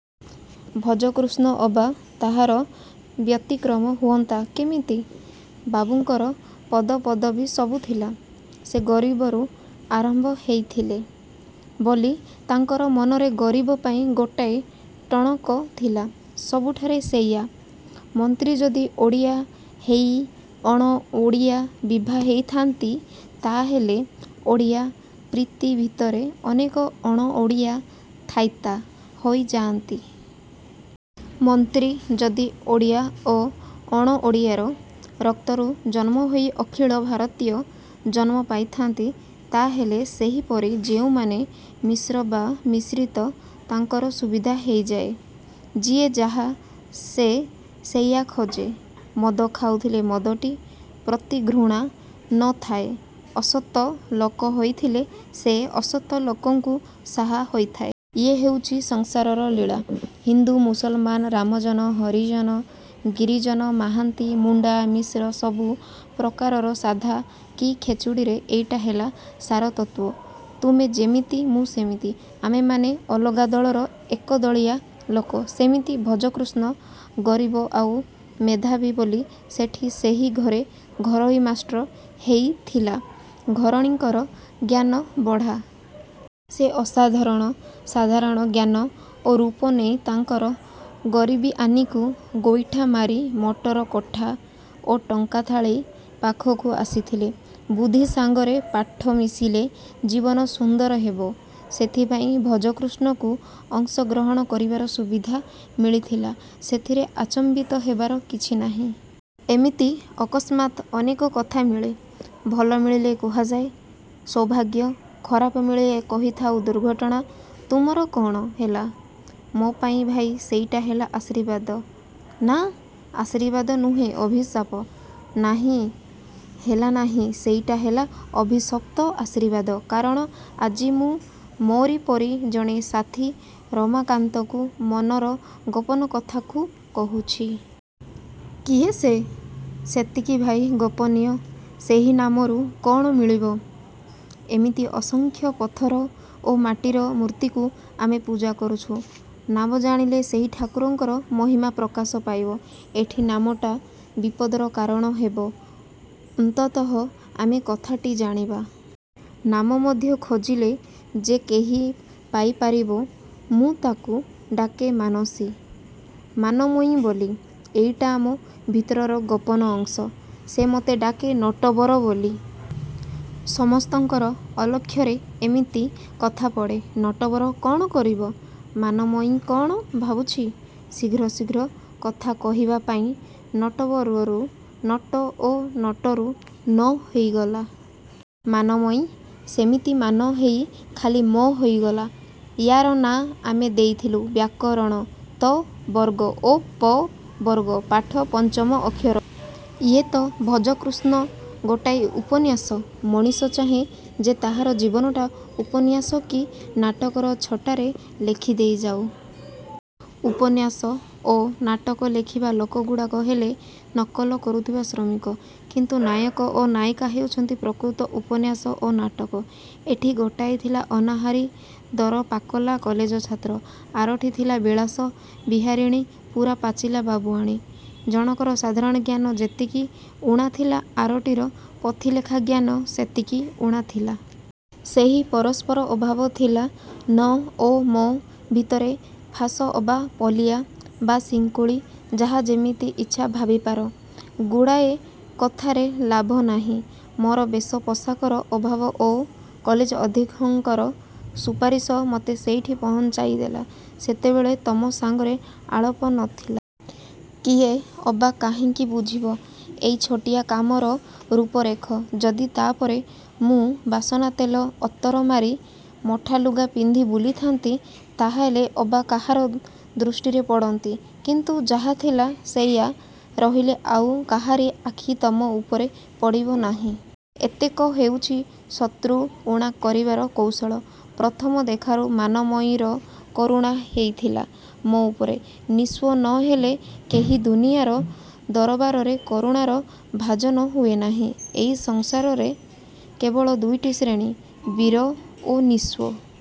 ଭଜକୃଷ୍ଣ ଅବା ତାହାର ବ୍ୟତିକ୍ରମ ହୁଅନ୍ତା କେମିତି? ବାବୁଙ୍କର ପଦପଦବୀ ସବୁ ଥିଲା। ସେ ଗରିବରୁ ଆରମ୍ଭ ହେଇଥିଲେ ବୋଲି ତାଙ୍କର ମନରେ ଗରିବ ପାଇଁ ଗୋଟାଏ ଟଣକ ଥିଲା। ସବୁଠାରେ ସେଇଆ- ମନ୍ତ୍ରୀ ଯଦି ଓଡ଼ିଆ ହେଇ ଅଣ-ଓଡ଼ିଆ ବିଭା ହେଇଥାନ୍ତି ତାହାହେଲେ ଓଡ଼ିଆ-ପ୍ରୀତି ଭିତରେ ଅନେକ ଅଣ-ଓଡ଼ିଆ ଥାଇତା ହୋଇଯାନ୍ତି। ମନ୍ତ୍ରୀ ଯଦି ଓଡ଼ିଆ ଓ ଅଣ-ଓଡ଼ିଆର ରକ୍ତରୁ ଜନ୍ମ ହୋଇ ଅଖିଳ-ଭାରତୀୟ ଜନ୍ମ ପାଇଥାନ୍ତି ତାହାହେଲେ ସେହିପରି ଯେଉଁମାନେ ମିଶ୍ର ବା ମିଶ୍ରିତ ତାଙ୍କର ସୁବିଧା ହେଇଯାଏ। ଯିଏ ଯାହା ସେ ସେଇଆ ଖୋଜେ। ମଦ ଖାଉଥିଲେ ମଦଟି ପ୍ରତି ଘୃଣା ନ ଥାଏ। ଅସତ ଲୋକ ହୋଇଥିଲେ ସେ ଅସତ ଲୋକଙ୍କୁ ସାହା ହେଇଥାଏ। ଇଏ ହେଉଛି ସଂସାରର ଲୀଳା। ହିନ୍ଦୁ, ମୁସଲମାନ, ରାମଜନ-ହରିଜନ-ଗିରିଜନ, ମାହାନ୍ତି-ମୁଣ୍ଡା-ମିଶ୍ର ସବୁ ପ୍ରକାରର ସାଧା କି ଖେଚୁଡ଼ିରେ ଏଇଟା ହେଲା ସାରତତ୍ତ୍ୱ-ତୁମେ ଯେମିତି ମୁଁ ସେମିତି। ଆମେମାନେ ଅଲଗା ଦଳର ଏକଦଳିଆ ଲୋକ। ସେମିତି ଭଜକୃଷ୍ଣ ଗରିବ ଆଉ ମେଧାବୀ ବୋଲି ସେଠି ସେହି ଘରେ ଘରୋଇ ମାଷ୍ଟ୍ର ହେଇଥିଲା-ଘରଣୀଙ୍କର ଜ୍ଞାନ ବଢ଼ାଇବାକୁ। ସେ ଅସାଧାରଣ, ସାଧାରଣ ଜ୍ଞାନ ଓ ରୂପ ନେଇ ତାଙ୍କର ଗରିବିଆନିକୁ ଗୋଇଠା ମାରି ମଟର କୋଠା ଓ ଟଙ୍କାଥାଳି ପାଖକୁ ଆସିଥିଲେ। ବୁଦ୍ଧି ସାଙ୍ଗରେ ପାଠ ମିଶିଲେ ଜୀବନ ସୁନ୍ଦର ହେବ। ସେଥିପାଇଁ ଭଜକୃଷ୍ଣକୁ ଅଂଶ ଗ୍ରହଣ କରିବାର ସୁବିଧା ମିଳିଥିଲା। ସେଥିରେ ଆଚମ୍ବିତ ହେବାର କିଛି ନାହିଁ। ଏମିତି ଅକସ୍ମାତ୍ ଅନେକ କଥା ମିଳେ। ଭଲ ମିଳିଲେ କୁହାଯାଏ ସୌଭାଗ୍ୟ-ଖରାପ ମିଳିଲେ କହିଥାଉ ଦୁର୍ଘଟଣା। -ତୁମର କ'ଣ ହେଲା? -ମୋ'ପାଇଁ ଭାଇ ସେଇଟା ହେଲା ଆଶୀର୍ବାଦ। ନା, ଆଶୀର୍ବାଦ ନୁହେଁ ଅଭିଶାପ। ନାହିଁ, ହେଲାନାହିଁ। ସେଇଟା ହେଲା ଅଭିଶପ୍ତ ଆଶୀର୍ବାଦ। କାରଣ ଆଜି ମୁଁ ମୋରି ପରି ଜଣେ ସାଥୀ ରମାକାନ୍ତକୁ ମନର ଗୋପନ କଥାକୁ କହୁଛି। -କିଏ ସେ? -ସେତିକି ଭାଇ ଗୋପନୀୟ। ସେହି ନାମରୁ କ'ଣ ମିଳିବ? ଏମିତି ଅସଂଖ୍ୟ ପଥର ଓ ମାଟିର ମୂର୍ତ୍ତିକୁ ଆମେ ପୂଜା କରୁଛୁ। ନାମ ଜାଣିଲେ ସେହି ଠାକୁରଙ୍କର ମହିମା ପ୍ରକାଶ ପାଇବ-। ଏଠି ନାମଟା ବିପଦର କାରଣ ହେବ। ଅନ୍ତତଃ ଆମେ କଥାଟି ଜାଣିବା। ନାମ ମଧ୍ୟ ଖୋଜିଲେ ଯେ କେହି ପାଇ ପାରିବ। -ମୁଁ ତାକୁ ଡାକେ ମାନସୀ-ମାନମୟୀ ବୋଲି। ଏଇଟା ଆମ ଭିତରର ଗୋପନ ଅଂଶ-। ସେ ମତେ ଡାକେ ନଟବର ବୋଲି। ସମସ୍ତଙ୍କର ଅଲକ୍ଷ୍ୟରେ ଏମିତି କଥା ପଡ଼େ-ନଟବର କ'ଣ କରିବ? ମାନମୟୀ କ'ଣ ଭାବୁଛି? ଶୀଘ୍ର ଶୀଘ୍ର କଥା କହିବା ପାଇଁ ନଟବରରୁ ନଟ ଓ ନଟରୁ 'ନ' ହେଇଗଲା। ମାନମୟୀ ସେମିତି ମାନ ହେଇ ଖାଲି 'ମ' ହୋଇଗଲା। ୟା'ର ନାଁ ଆମେ ଦେଇଥିଲୁ ବ୍ୟାକରଣ ତ-ବର୍ଗ ଓ ପ-ବର୍ଗ ପାଠ-ପଞ୍ଚମ ଅକ୍ଷର। -ଇଏ ତ ଭଜକୃଷ୍ଣ ଗୋଟାଏ ଉପନ୍ୟାସ? -ମଣିଷ ଚାହେଁ ଯେ ତାହାର ଜୀବନଟା ଉପନ୍ୟାସ କି ନାଟକର ଛଟାରେ ଲେଖି ଦେଇଯାଉ। ଉପନ୍ୟାସ ଓ ନାଟକ ଲେଖିବା ଲୋକଗୁଡ଼ାକ ହେଲେ ନକଲ କରୁଥିବା ଶ୍ରମିକ; କିନ୍ତୁ ନାୟକ ଓ ନାୟିକା ହେଉଛନ୍ତି ପ୍ରକୃତ ଉପନ୍ୟାସ ଓ ନାଟକ। ଏଠି ଗୋଟାଏ ଥିଲା ଅନାହାରୀ ଦର-ପାକଲା କଲେଜ ଛାତ୍ର। ଆରଟି ଥିଲା ବିଳାସ-ବିହାରିଣୀ ପୂରା ପାଚିଲା ବାବୁଆଣୀ। ଜଣକର ସାଧାରଣ ଜ୍ଞାନ ଯେତିକି ଊଣାଥିଲା ଆରଟିର ପୋଥିଲେଖା ଜ୍ଞାନ ସେତିକି ଊଣା ଥିଲା। ସେହି ପରସ୍ପର ଅଭାବ ଥିଲା ନ ଓ ମ ଭିତରେ ଫାଶ ଅବା ପୋଲିଆ ବା ଶିଙ୍କୁଳି-ଯାହା ଯେମିତି ଇଚ୍ଛା ଭାବିପାର। ଗୁଡ଼ାଏ କଥାରେ ଲାଭ ନାହିଁ। ମୋର ବେଶ ପୋଷାକର ଅଭାବ ଓ କଲେଜ ଅଧ୍ୟକ୍ଷଙ୍କର ସୁପାରିଶ ମତେ ସେଇଠି ପହଞ୍ଚାଇ ଦେଲା। ସେତେବେଳେ ତମ ସାଙ୍ଗରେ ଆଳାପ ନ ଥିଲା। କିଏ ଅବା କାହିଁକି ବୁଝିବ ଏଇ ଛୋଟିଆ କାମର ରୂପ ରେଖ। ଯଦି ତା'ପରେ ମୁଁ ବାସନାତେଲ, ଅତର ମାରି ମଠାଲୁଗା ପିନ୍ଧି ବୁଲିଥାନ୍ତି, ତାହାହେଲେ ଅବା କାହାର ଦୃଷ୍ଟିରେ ପଡ଼ନ୍ତି; କିନ୍ତୁ ଯାହା ଥିଲା ସେଇଆ ରହିଲେ ଆଉ କାହାରି ଆଖି ତମ ଉପରେ ପଡ଼ିବ ନାହିଁ। ଏତକ ହେଉଛି ଶତ୍ରୁ ଊଣା କରିବାର କୌଶଳ। ପ୍ରଥମ ଦେଖାରୁ ମାନମୟୀର କରୁଣା ହେଇଥିଲା ମୋ ଉପରେ। -ନିସ୍ୱ ନ ହେଲେ କେହି ଦୁନିଆର ଦରବାରରେ କରୁଣାର ଭାଜନ ହୁଏ ନାହିଁ। ଏଇ ସଂସାରରେ କେବଳ ଦୁଇଟି ଶ୍ରେଣୀ-ବୀର ଓ ନିସ୍ୱ।